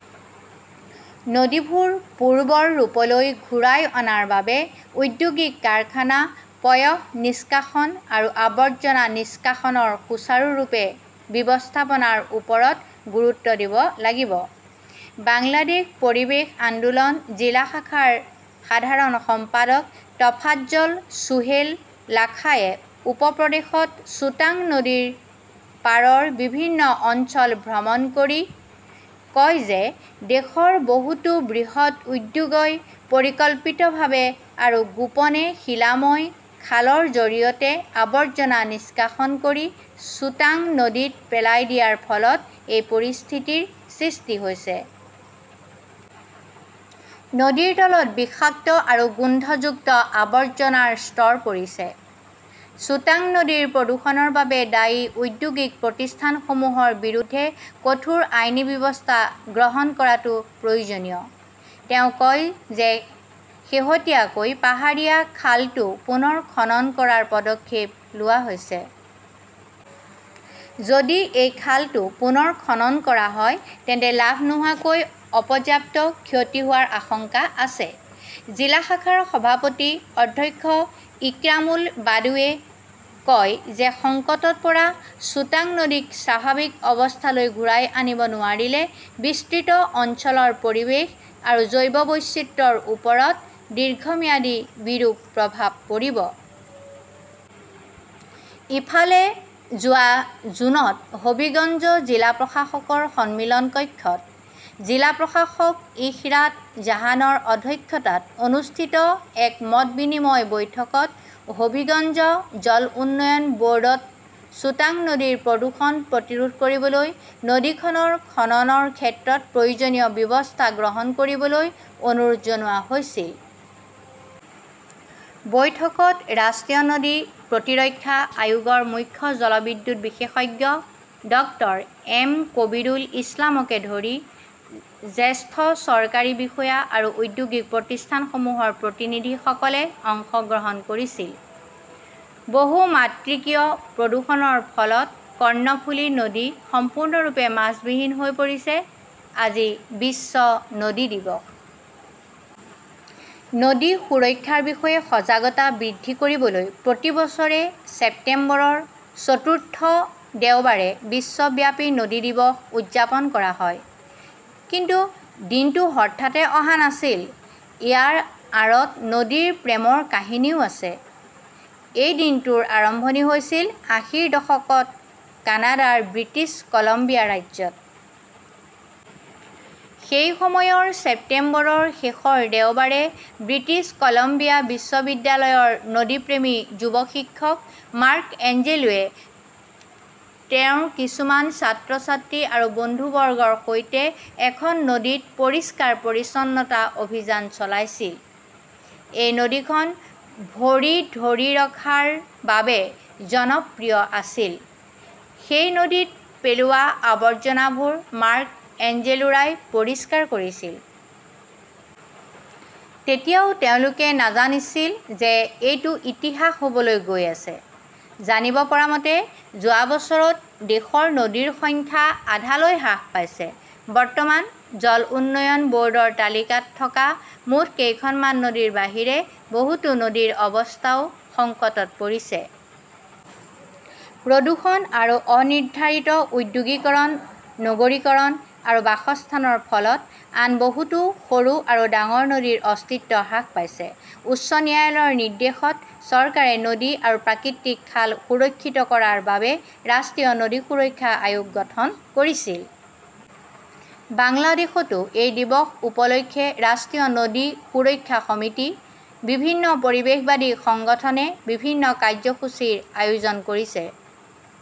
নদীবোৰ পূৰ্বৰ ৰূপলৈ ঘূৰাই অনাৰ বাবে ঔদ্যোগিক কাৰখানা, পয়ঃনিষ্কাশন আৰু আৱৰ্জনা নিষ্কাশনৰ সুচাৰুৰূপে ব্যৱস্থাপনাৰ ওপৰত গুৰুত্ব দিব লাগিব। বাংলাদেশ পৰিৱেশ আন্দোলন জিলা শাখাৰ সাধাৰণ সম্পাদক টফাজ্জল সোহেল লাখাইয়ে উপ-প্ৰদেশত সুতাং নদীৰ পাৰৰ বিভিন্ন অঞ্চল ভ্ৰমণ কৰি কয় যে, দেশৰ বহুতো বৃহৎ উদ্যোগই পৰিকল্পিতভাৱে আৰু গোপনে শিলাময় খালৰ জৰিয়তে আৱৰ্জনা নিষ্কাশন কৰি সুতাং নদীত পেলাই দিয়াৰ ফলত এই পৰিস্থিতিৰ সৃষ্টি হৈছে। নদীৰ তলত বিষাক্ত আৰু গোন্ধযুক্ত আৱৰ্জনাৰ স্তৰ পৰিছে। সুতাং নদীৰ প্ৰদূষণৰ বাবে দায়ী ঔদ্যোগিক প্ৰতিষ্ঠানসমূহৰ বিৰুদ্ধে কঠোৰ আইনী ব্যৱস্থা গ্ৰহণ কৰাটো প্ৰয়োজনীয়। তেওঁ কয় যে শেহতীয়াকৈ পাহাৰীয়া খালটো পুনৰ খনন কৰাৰ পদক্ষেপ লোৱা হৈছে। যদি এই খালটো পুনৰ খনন কৰা হয়, তেন্তে লাভ নোহোৱাকৈ অপৰ্যাপ্ত ক্ষতি হোৱাৰ আশংকা আছে। জিলা শাখাৰ সভাপতি অধ্যক্ষ, ইক্ৰামুল ৱাদুদে কয় যে, সংকটত পৰা সুতাং নদীক স্বাভাৱিক অৱস্থালৈ ঘূৰাই আনিব নোৱাৰিলে বিস্তৃত অঞ্চলৰ পৰিৱেশ আৰু জৈৱ বৈচিত্ৰ্যৰ ওপৰত দীৰ্ঘম্যাদী বিৰূপ প্ৰভাৱ পৰিব। ইফালে, যোৱা জুনত হবীগঞ্জ জিলা প্ৰশাসকৰ সন্মিলন কক্ষত, জিলা প্ৰশাসক ইশৰাট জাহানৰ অধ্যক্ষতাত অনুষ্ঠিত এক মত বিনিময় বৈঠকত হবীগঞ্জ জল উন্নয়ন ব'ৰ্ডক সুতাং নদীৰ প্ৰদূষণ প্ৰতিৰোধ কৰিবলৈ নদীখনৰ খননৰ ক্ষেত্ৰত প্ৰয়োজনীয় ব্যৱস্থা গ্ৰহণ কৰিবলৈ অনুৰোধ জনোৱা হৈছিল। বৈঠকত ৰাষ্ট্ৰীয় নদী প্ৰতিৰক্ষা আয়োগৰ মুখ্য জলবিদ্যুৎ বিশেষজ্ঞ ডক্টৰ এম কবীৰুল ইছলামকে ধৰি জ্যেষ্ঠ চৰকাৰী বিষয়া আৰু ঔদ্যোগিক প্ৰতিষ্ঠানসমূহৰ প্ৰতিনিধিসকলে অংশগ্ৰহণ কৰিছিল। বহু-মাত্ৰিকীয় প্ৰদূষণৰ ফলত কৰ্ণফুলী নদী সম্পূৰ্ণৰূপে মাছবিহীন হৈ পৰিছে। আজি বিশ্ব নদী দিৱস। নদী সুৰক্ষাৰ বিষয়ে সজাগতা বৃদ্ধি কৰিবলৈ প্ৰতি বছৰে ছেপ্টেম্বৰৰ চতুৰ্থ দেওবাৰে বিশ্বব্যাপী নদী দিৱস উদযাপন কৰা হয়। কিন্তু দিনটো হঠাতে অহা নাছিল। ইয়াৰ আঁৰত নদীৰ প্ৰেমৰ কাহিনীও আছে। এই দিনটোৰ আৰম্ভণি হৈছিল, আঁশীৰ দশকত কানাডাৰ ব্ৰিটিছ কলম্বিয়া ৰাজ্যত। সেই সময়ৰ ছেপ্টেম্বৰৰ শেষৰ দেওবাৰে ব্ৰিটিছ কলম্বিয়া বিশ্ববিদ্যালয়ৰ নদীপ্ৰেমী যুৱ শিক্ষক মাৰ্ক এঞ্জেলোৱে তেওঁৰ কিছুমান ছাত্ৰ-ছাত্ৰী আৰু বন্ধুবৰ্গৰ সৈতে এখন নদীত পৰিষ্কাৰ-পৰিচ্ছন্নতা অভিযান চলাইছিল। এই নদীখন ভৰি, ধৰি ৰখাৰ বাবে জনপ্ৰিয় আছিল। সেই নদীত পেলোৱা আৱৰ্জনাবোৰ মাৰ্ক এঞ্জেলোৰাই পৰিষ্কাৰ কৰিছিল। তেতিয়াও তেওঁলোকে নাজানিছিল যে এইটো ইতিহাস হ'বলৈ গৈ আছে। জানিব পৰা মতে, যোৱা বছৰত দেশৰ নদীৰ সংখ্যা আধালৈ হ্ৰাস পাইছে। বৰ্তমান জল উন্নয়ন ব'ৰ্ডৰ তালিকাত থকা মুঠ কেইখনমান নদীৰ বাহিৰে বহুতো নদীৰ অৱস্থাও সংকটত পৰিছে। প্ৰদূষণ আৰু অ-নিৰ্ধাৰিত ঔদ্যোগিকৰণ, নগৰীকৰণ আৰু বাসস্থানৰ ফলত আন বহুতো সৰু আৰু ডাঙৰ নদীৰ অস্তিত্ব হ্ৰাস পাইছে। উচ্চ ন্যায়ালয়ৰ নিৰ্দেশত চৰকাৰে নদী আৰু প্ৰাকৃতিক খাল সুৰক্ষিত কৰাৰ বাবে ৰাষ্ট্ৰীয় নদী সুৰক্ষা আয়োগ গঠন কৰিছিল। বাংলাদেশতো এই দিৱস উপলক্ষে ৰাষ্ট্ৰীয় নদী সুৰক্ষা সমিতি, বিভিন্ন পৰিৱেশবাদী সংগঠনে বিভিন্ন কাৰ্যসূচীৰ আয়োজন কৰিছে।